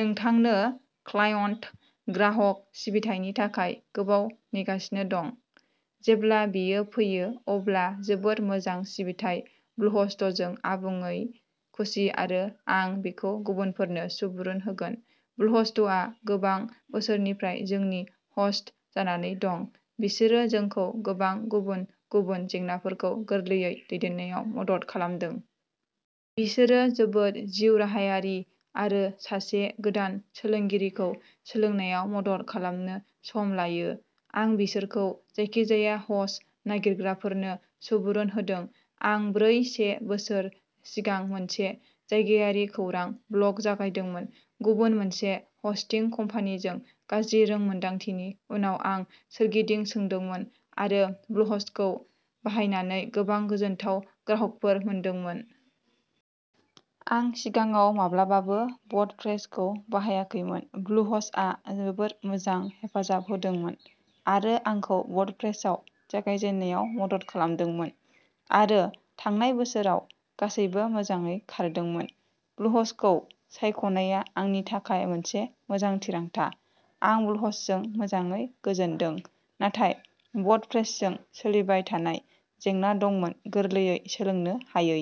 नोंथांनो क्लायन्ट ग्राहक सिबिथायनि थाखाय गोबाव नेगासिनो दं। जेब्ला बेयो फैयो अब्ला जोबोद मोजां सिबिथाइ ब्लुहस्टजों आबुङै खुसि आरो आं बेखौ गुबुनफोरनो सुबुरुन होगोन। ब्लुहस्टआ गोबां बोसोरनिफ्राय जोंनि हस्ट जानानै दं। बिसोरो जोंखौ गोबां गुबुन गुबुन जेंनाफोरखौ गोरलैयै दैदेननायाव मदद खालामदों। बिसोरो जोबोद जिउराहायारि आरो सासे गोदान सोलोंगिरिखौ सोलोंनायाव मदद खालामनो सम लायो। आं बिसोरखौ जायखिजाया हस्ट नागिरग्राफोरनो सुबुरुन होदों। आं ब्रै से बोसोर सिगां मोनसे जायगायारि खौरां ब्लग जागायदोंमोन। गुबुन मोनसे हस्टिं कम्पानिजों गाज्रि रोंमोनदांथिनि उनाव आं सोरगिदिं सोंदोंमोन आरो ब्लुहस्टखौ बाहायनानै गोबां गोजोनथाव ग्राहकफोर मोनदोंमोन। आं सिगाङाव माब्लाबाबो वर्डप्रेसखौ बाहायाखैमोन। ब्लुहस्टआ जोबोद मोजां हेफाजाब होदोंमोन आरो आंखौ वर्डप्रेसआव जागायजेननायाव मदद खालामदोंमोन आरो थांनाय बोसोराव गासैबो मोजाङै खारदोंमोन। ब्लुहस्टखौ सायख'नाया आंनि थाखाय मोनसे मोजां थिरांथा। आं ब्लुहस्टजों मोजाङै गोजोनदों नाथाय वर्डप्रेसजों सोलिबाय थानाय जेंना दंमोन गोरलैयै सोलोंनो हायै।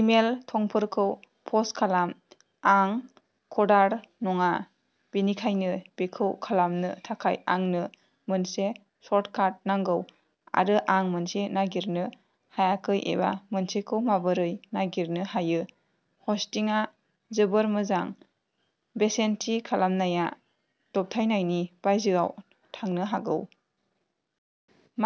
इमेल थंफोरखौ पस्ट खालाम। आं कडार नङा बेनिखायनो बेखौ खालामनो थाखाय आंनो मोनसे सर्टकाट नांगौ आरो आं मोनसे नागिरनो हायाखै एबा मोनसेखौ माबोरै नागिरनो हायो हस्टिंआ जोबोद मोजां। बेसेन थि खालामनाया दबथायनायनि बायजोआव थांनो हागौ।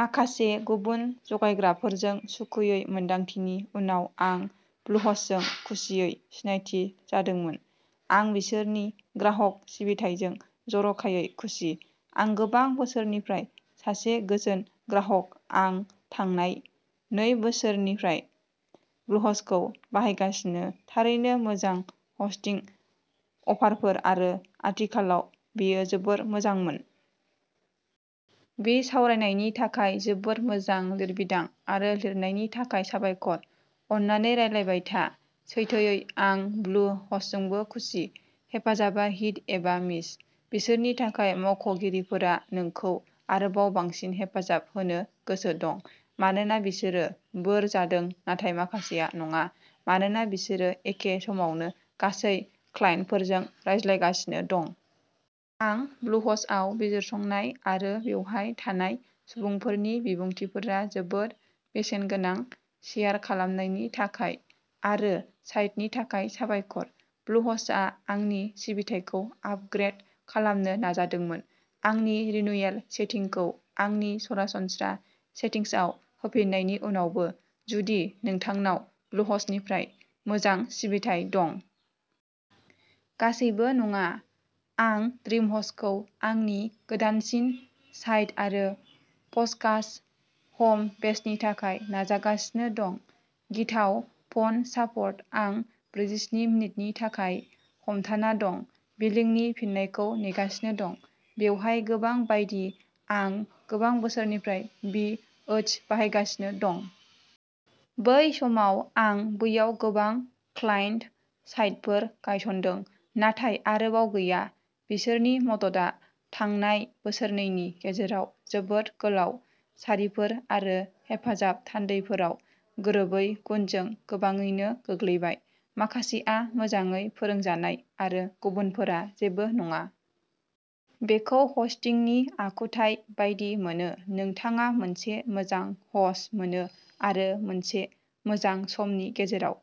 माखासे गुबुन जगायग्राफोरजों सुखुयै मोन्दांथिनि उनाव आं ब्लुहस्टजों खुसियै सिनायथि जादोंमोन। आं बिसोरनि ग्राहक सिबिथाइजों जर'खायै खुसि। आं गोबां बोसोरनिफ्राय सासे गोजोन ग्राहक आं थांनाय नै बोसोरनिफ्राय ब्लुहस्टखौ बाहायगासिनो थारैनो मोजां हस्टिं अफारफोर आरो आथिखालाव बेयो जोबोद मोजांमोन। बिसावरायनायनि थाखाय जोबोद मोजां लिरबिदां आरो लिरनायनि थाखाय साबायखर। अन्नानै रानलायबाय था। सैथोयै आं ब्लु हस्टजोंबो खुसि। हेफाजाबआ हिट एबा मिस बिसोरनि माखासे मावख'गिरिफोरा नोंखौ आरोबाव बांसिन हेफाजाब होनो गोसो दं मानोना बिसोरो बोर जादों नाथाय माखासेआ नङा मानोना बिसोरो एखे समावनो गासै क्लाइन्टफोरजों रायज्लांगासिनो दं। आं ब्लुहस्टआव बिजिरसंनाय आरो बेवहाय थानाय सुबुंफोरनि बिबुंथिफोरा जोबोद बेसेनगोनां शेयार खालामनायनि थाखाय आरो साइटनि थाखाय साबायखर! ब्लुहस्टआ आंनि सिबिथायखौ आपग्रेद खालामनो नाजादोंमोन आंनि रिन्युएल सेटिंखौ आंनि सरासनस्रा सेटिंसआव होफिननायनि उनावबो। जुदि नोंथांनाव ब्लुहस्टनिफ्राय मोजां सिबिथाइ दं। गासैबो नङा। आं ड्रिमहस्टखौ आंनि गोदानसिन साइट आरो पडकास्ट हम बेसनि थाखाय नाजागासिनो दं। गिथाव फन सापर्ट आं ब्रैजिस्नि मिनिटनि थाखाय हमथाना दं बिलिंनि फिननायखौ नेगासिनो दं। बेवहाय गोबां बायदि आं गोबां बोसोरनिफ्राय बि ओस बाहायगासिनो दं। बै समाव आं बैयाव गोबां क्लाइन्ट साइटफोर गायस'नदों। नाथाय आरोबाव गैया। बिसोरनि मददआ थांनाय बोसोरनैनि गेजेराव जोबोद गोलाव सारिफोर आरो हेफाजाब थान्दैफोराव गोरोबै गुनजों गोबाङैनो गोग्लैबाय माखासेआ मोजाङै फोरोंजानाय आरो गुबुनफोरा जेबो नङा। बेखौ हस्टिंनि आखुथाय बायदि मोनो। नोंथाङा मोनसे मोजां हस्ट मोनो आरो मोनसे मोजां समनि गेजेराव।